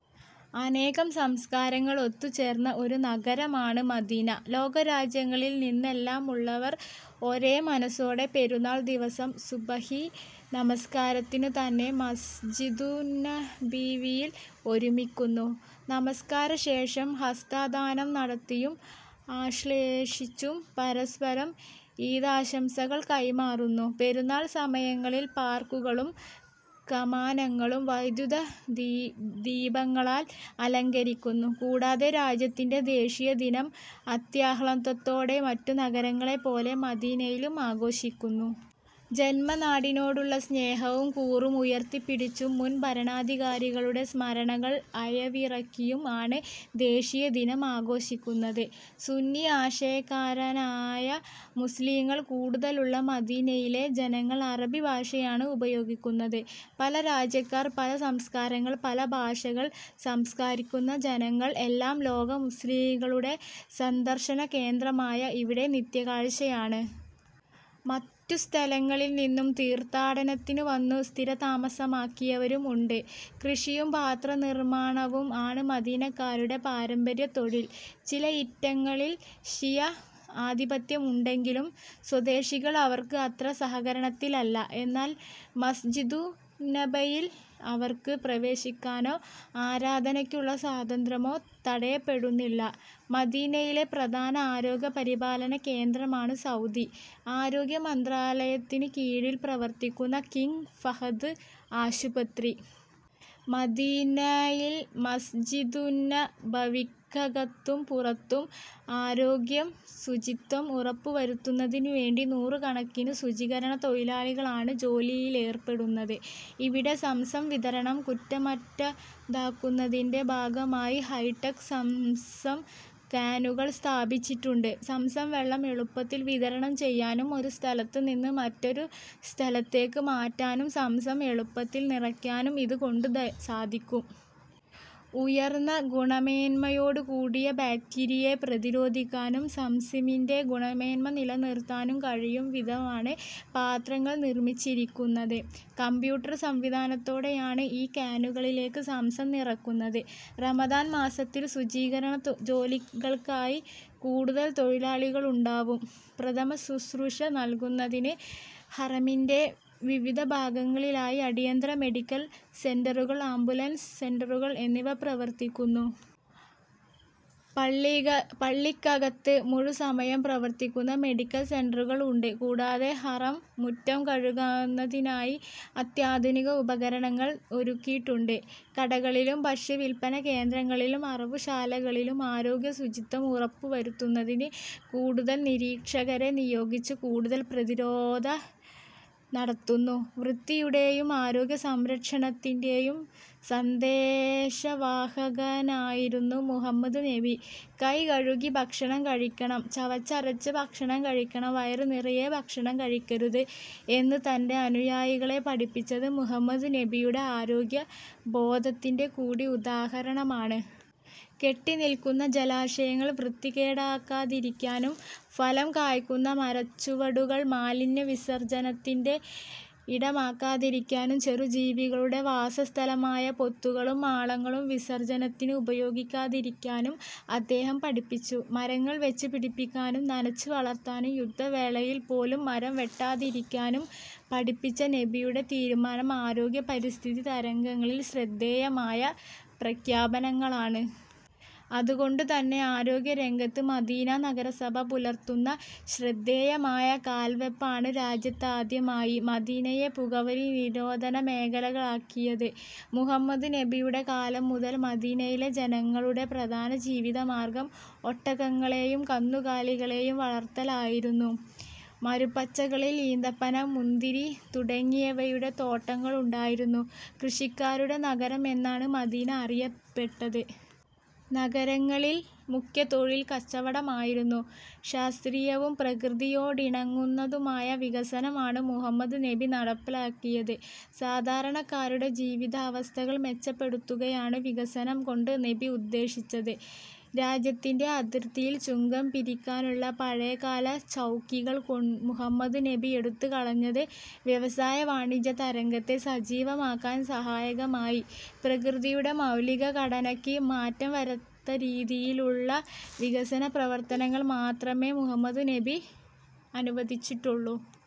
അനേകം സംസ്കാരങ്ങൾ ഒത്തുചേർന്ന ഒരു നഗരമാണ് മദീന. ലോകരാജ്യങ്ങളിൽ നിന്നെല്ലാമുള്ളവർ ഒരേ മനസ്സോടെ പെരുന്നാൾ ദിവസം സുബഹി നമസ്കാരത്തിനു തന്നെ മസ്ജിദുന്നബവിയിൽ ഒരുമിക്കുന്നു. നമസ്കാരശേഷം ഹസ്തദാനം നടത്തിയും ആശ്ളേഷിച്ചും പരസ്പരം ഈദാശംസകൾ കൈമാറുന്നു. പെരുന്നാൾ സമയങ്ങളിൽ പാർക്കുകളും കമാനങ്ങളും വൈദ്യുതദീപങ്ങളാൽ അലങ്കരിക്കുന്നു. കൂടാതെ രാജ്യത്തിന്റെ ദേശീയദിനം അത്യാഹ്ളാദത്തോടെ മറ്റു നഗരങ്ങളെ പോലെ മദീനയിലും ആഘോഷിക്കുന്നു. ജന്മനാടിനോടുള്ള സ്നേഹവും കൂറും ഉയർത്തിപ്പിടിച്ചും മുൻ ഭരണാധികാരികളുടെ സ്മരണകൾ അയവിറക്കിയും ആണ് ദേശീയദിനം ആഘോഷിക്കുന്നത്. സുന്നി ആശയക്കാരായ മുസ്ലിങ്ങൾ കൂടുതലുള്ള മദീനയിലെ ജനങ്ങൾ അറബി ഭാഷയാണ് ഉപയോഗിക്കുന്നത്. പല രാജ്യക്കാർ, പല സംസ്കാരങ്ങൾ, പല ഭാഷകൾ സംസാരിക്കുന്ന ജനങ്ങൾ എല്ലാം ലോക മുസ്ലിംകളുടെ സന്ദർശനകേന്ദ്രമായ ഇവിടെ നിത്യകാഴ്ചയാണ്. മറ്റു സ്ഥലങ്ങളിൽ നിന്നും തീർഥാടനത്തിനു വന്നു സ്ഥിരതാമസമാക്കിയവരും ഉണ്ട്. കൃഷിയും പാത്രനിർമ്മാണവും ആണ് മദീനക്കാരുടെ പാരമ്പര്യ തൊഴിൽ. ചിലയിറ്റങ്ങളിൽ ശിയ ആദിപത്യമുണ്ടങ്കിലും സ്വദേശികൾ അവർക്ക് അത്ര സഹകരണത്തിലല്ല. എന്നാൽ മസ്ജിദുന്നബയിൽ അവർക്ക് പ്രവേശിക്കാനോ ആരാധനക്കുള്ള സ്വാതന്ത്രമോ തടയപ്പെടുന്നില്ലാ.. മദീനയിലെ പ്രധാന ആരോഗ്യ പരിപാലന കേന്ദ്രമാണ് സൗദി ആരോഗ്യ മന്ത്രാലയത്തിന് കീഴിൽ പ്രവർത്തിക്കുന്ന കിങ് ഫഹദ് ആശുപത്രി.. മദീനയിൽ മസ്ജിദുന്നബവിക്കകത്തും പുറത്തും ആരോഗ്യ ശുചിത്വം ഉറപ്പുവരുത്തുന്നതിന് വേണ്ടി നൂറുകണക്കിന് ശുചികരണ തൊഴിലാളികളാണ് ജോലിയിലെർപ്പെടുന്നത്. ഇവിടെ സംസം വിതരണം കുറ്റമറ്റതാക്കുന്നതിന്റെ ഭാഗമായി ഹൈടെക് സംസം കാനുകൾ സ്ഥാപിച്ചിട്ടുണ്ട്. സംസം വെള്ളം എളുപ്പത്തിൽ വിതരണം ചെയ്യാനും ഒരുസ്ഥലത്ത് നിന്ന് മറ്റൊരു സ്ഥലത്തേക്ക് മാറ്റാനും സംസം എളുപ്പത്തിൽ നിറക്കാനും ഇത് കൊണ്ട് സാധിക്കും. ഉയർന്ന ഗുണമേന്മയോട് കൂടിയ ബാക്ടീരിയയെ പ്രതിരോധിക്കാനും സംസമിന്റെ ഗുണമേന്മ നിലനിർത്താനും കഴിയും വിധമാണ് പാത്രങ്ങൾ നിർമിച്ചിരിക്കുന്നത്. കമ്പ്യൂട്ടർ സംവിധാനത്തോടെയാണ് ഈ കാനുകളിലേക്ക് സംസം നിറക്കുന്നത്. റമദാൻ മാസത്തിൽ ശുചീകരണ ജോലികൾക്കായി കൂടുതൽ തൊഴിലാളികളുണ്ടാവും. പ്രഥമശുശ്രൂഷ നൽകുന്നതിന് ഹറമിന്റ വിവിധ ഭാഗങ്ങളിലായി അടിയന്തര മെഡിക്കൽ സെന്ററുകൾ, ആംബുലൻസ് സെന്ററുകൾ എന്നിവ പ്രവർത്തിക്കുന്നു. പള്ളിക്കകത്ത് മുഴുസമയം പ്രവർത്തിക്കുന്ന മെഡിക്കൽ സെന്ററുകൾ ഉണ്ട്. കൂടാതെ ഹറം മുറ്റം കഴുകുന്നതിനായി അത്യാധുനിക ഉപകരണങ്ങൾ ഒരുക്കിയിട്ടുണ്ട്. കടകളിലും ഭക്ഷ്യവിൽപന കേന്ദ്രങ്ങളിലും അറവുശാലകളിലും ആരോഗ്യ ശുചിത്വം ഉറപ്പുവരുത്തുന്നതിന് കൂടുതൽ നിരീക്ഷകരെ നിയോഗിച്ച് കൂടുതൽ പരിശോധന നടത്തുന്നു. വൃത്തിയുടെയും ആരോഗ്യ സംരക്ഷണത്തിന്റെയും സന്ദേശവാഹകനായിരുന്നു മുഹമ്മദ് നബി. കൈകഴുകി ഭക്ഷണം കഴിക്കണം, ചവച്ചരച്ച് ഭക്ഷണം കഴിക്കണം, വയറ് നിറയെ ഭക്ഷണം കഴിക്കരുത് എന്ന് തന്റെ അനുയായികളെ പഠിപ്പിച്ചത് മുഹമ്മദ് നബിയുടെ ആരോഗ്യ ബോധത്തിന്റെ കൂടി ഉദാഹരണമാണ്. കെട്ടിനിൽക്കുന്ന ജലാശയങ്ങൾ വൃത്തികേടാക്കാതിരിക്കാനും ഫലം കായ്ക്കുന്ന മരച്ചുവടുകൾ മാലിന്യ വിസർജനത്തിന്റെ ഇടമാക്കാതിരിക്കാനും ചെറുജീവികളുടെ വാസസ്ഥലമായ പൊത്തുകളും മാളങ്ങളും വിസർജനത്തിന് ഉപയോഗിക്കാതിരിക്കാനും അദ്ദേഹം പഠിപ്പിച്ചു. മരങ്ങൾ വെച്ച് പിടിപ്പിക്കാനും നനച്ച് വളർത്താനും യുദ്ധവേളയിൽ പോലും മരം വെട്ടാതിരിക്കാനും പഠിപ്പിച്ച നബിയുടെ തീരുമാനം ആരോഗ്യ പരിസ്ഥിതി രംഗങ്ങളിൽ ശ്രദ്ധേയമായ പ്രഖ്യാപനങ്ങളാണ്. അത് കൊണ്ട് തന്നെ ആരോഗ്യ രംഗത്ത് മദീന നഗരസഭ പുലർത്തുന്ന ശ്രദ്ധേയമായ കാൽവെപ്പാണ് രാജ്യത്താദ്യമായി മദീനയെ പുകവലി നിരോധന മേഖലയാക്കിയത്. മുഹമ്മദ് നബിയുടെ കാലം മുതൽ മദീനയിലെ ജനങ്ങളുടെ പ്രധാന ജീവിതമാർഗ്ഗം ഒട്ടകങ്ങളെയും കന്നുകാലികളെയും വളർത്തലായിരുന്നു. മരുപ്പച്ചകളിൽ ഈന്തപ്പന, മുന്തിരി തുടങ്ങിയവയുടെ തോട്ടങ്ങളുണ്ടായിരുന്നു. കൃഷിക്കാരുടെ നഗരം എന്നാണ് മദീന അറിയപ്പെട്ടത്. നഗരങ്ങളിൽ മുഖ്യതൊഴിൽ കച്ചവടമായിരുന്നു. ശാസ്ത്രീയവും പ്രക്രതിയോടിണങ്ങുന്നതുമായ വികസനം ആണ് മുഹമ്മദ് നബി നടപ്പാക്കിയത്. സാധാരണക്കാരുടെ ജീവിതാവസ്ഥകൾ മെച്ചപ്പെടുത്തുകയാണ് വികസനം കൊണ്ട് നബി ഉദ്ദേശിച്ചത്. രാജ്യത്തിന്റെ അതിർത്തിയിൽ ചുങ്കം പിരിക്കാനുള്ള പഴയകാല ചൗക്കികൾ മുഹമ്മദ് നബി എടുത്ത് കളഞ്ഞത് വ്യവസായ-വാണിജ്യ രംഗത്തെ സജീവമാക്കാൻ സഹായകമായി. പ്രകൃതിയുടെ മൗലിക ഘടനക്ക് മാറ്റം വരാത്ത തരത്തിലുള്ള വികസന പ്രവർത്തനങ്ങൾ മാത്രമേ മുഹമ്മദ് നബി അനുവദിച്ചിട്ടുള്ളൂ.